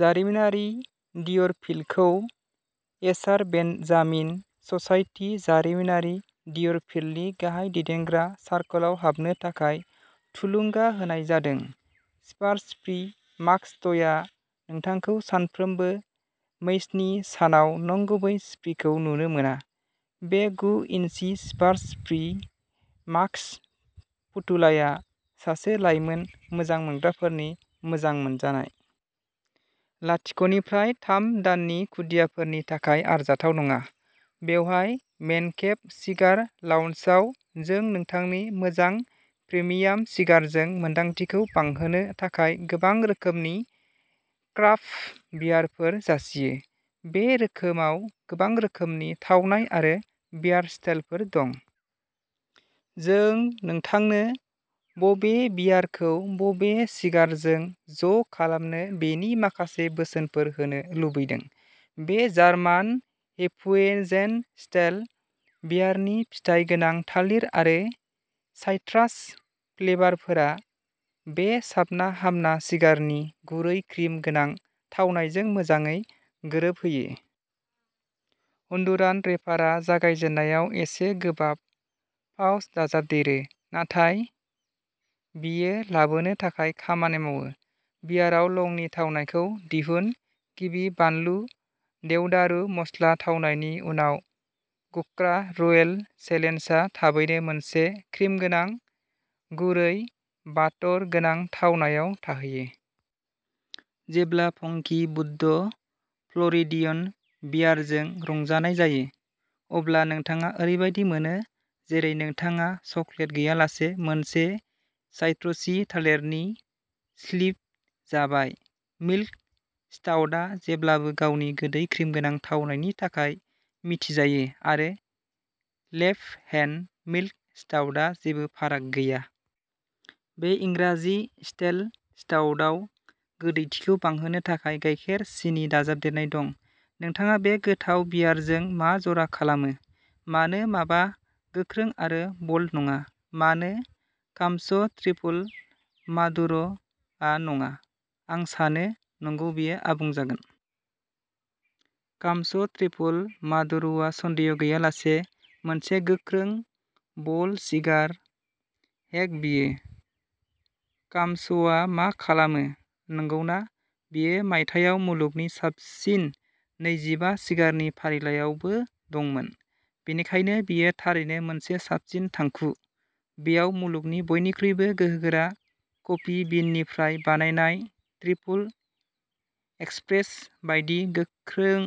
जारिमिनारि डियरफिल्डखौ एशार Benjamin society, जारिमिनारि डियरफिल्डनि गाहाय दैदेनग्रा सार्कलआव हाबनो थाखाय थुलुंगा होनाय जादों। स्पार्स चिर्पि मास्कट टयआ नोंथांखौ सानफ्रोमबो मैचनि सानाव नंगुबै चिर्पिखौ नुनो मोना। बे गु इन्चि स्पार्स चिर्पि मास्कट फुथुलाया सासे लाइमोन मोजां मोनग्राफोरनि मोजां मोनजानाय। लाथिक' निफ्राय थाम दाननि खुदियाफोरनि थाखाय आरजाथाव नङा। बेवहाय मेनकेभ सिगार लाउन्जआव जों नोंथांनि मोजां प्रिमियाम सिगारजों मोन्दांथिखौ बांहोनो थाखाय गोबां रोखोमनि क्राफ्ट बियारफोर जासियो। बे रोखोमाव गोबां रोखोमनि थावनाय आरो बियार स्टाइलफोर दं। जों नोंथांनो बबे बियारखौ बबे सिगारजों ज' खालामनो बेनि माखासे बोसोनफोर होनो लुबैदों। बे जार्मान हेफुइजेन स्टाइल बियारनि फिथाइ गोनां थालिर आरो साइट्रास फ्लेभारफोरा बे साबना हामना सिगारनि गुरै क्रिम गोनां थावनायजों मोजाङै गोरोबहोयो। हन्डुरान रेपारआ जागायजेननायाव एसे गोबाब पाञ्च दाजाबदेरो, नाथाय बेयो लाबोनो थाखाय खामानि मावो। बियाराव लंनि थावनायखौ दिहुन। गिबि बानलु देवदारु मस्ला थावनायनि उनाव गुर्खा रयेल चेलेन्जआ थाबैनो मोनसे क्रिमगोनां, गुरै, बाटर गोनां थावनायाव थाहैयो। जेब्ला फंकी बुद्ध फ्ल'रिडियन बियारजों रंजानाय जायो, अब्ला नोंथाङा ओरैबायदि मोनो जेरै नोंथाङा चकलेट गैयालासे मोनसे साइट्रसि थालिरनि स्प्लिट जाबाय। मिल्क स्टाउटआ जेब्लाबो गावनि गोदै क्रिमगोनां थावनायनि थाखाय मिथिजायो आरो लेफ्ट हेन्ड मिल्क स्टाउटआ जेबो फाराग गैया। बे इंराजि स्टाइल स्टाउटआव गोदैथिखौ बांहोनो थाखाय गाइखेर सिनि दाजाबदेरनाय दं। नोंथाङा बे गोथाव बियारजों मा जरा खालामो? मानो माबा गोख्रों आरो बोल्द नङा? मानो कामाच'ट्रिपल मादुर'आ नङा? आं सानो, नंगौ बेयो आबुं जागोन। कामाच'ट्रिपल मादुर'आ सन्देह गैयालासेनो मोनसे गोख्रों बोल्द सिगार। हेक बेयो। कामाच'आ मा खालामो, नंगौना? बेयो मायथाइयाव मुलुगनि साबसिन नैजिबा सिगारनि फारिलाइआवबो दंमोन, बेनिखायनो बेयो थारैनो मोनसे साबसिन थांखु। बेयाव मुलुगनि बयनिख्रुइबो गोहोगोरा कफि बिननिफ्राय बानायनाय ट्रिपल एस्प्रेस' बायदि गोख्रों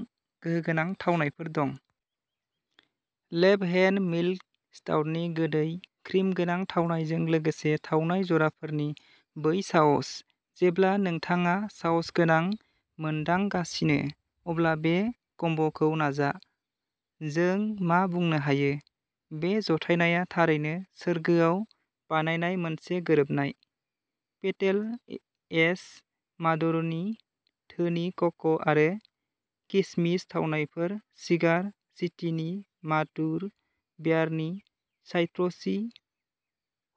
गोहोगोनां थावनायफोर दं। लेफ्ट हेन्ड मिल्क स्टाउटनि गोदै, क्रिम गोनां थावनायजों लोगोसे थावनाय जराफोरनि बै साहस। जेब्ला नोंथाङा साहसगोनां मोनदांगासिनो, अब्ला बे कम्बोखौ नाजा। जों मा बुंनो हायो? बे जथायनाया थारैनो सोरगोआव बानायनाय मोनसे गोरोबनाय। पेटेल एज मादुर'नि धोनि क'क' आरो किसमिस थावनायफोर सिगार सिटीनि मादुर बियारनि साइट्रसि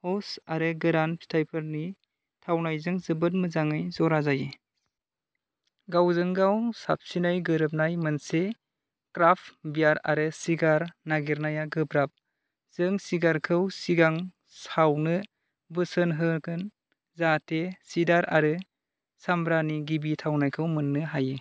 हप्स आरो गोरान फिथाइफोरनि थावनायजों जोबोद मोजाङै जरा जायो। गावजों गाव साबसिनै गोरोबनाय मोनसे क्राफ्ट बियार आरो सिगार नागिरनाया गोब्राब। जों सिगारखौ सिगां सावनो बोसोन होगोन जाहाथे सिडार आरो सामब्रानि गिबि थावनायखौ मोननो हायो।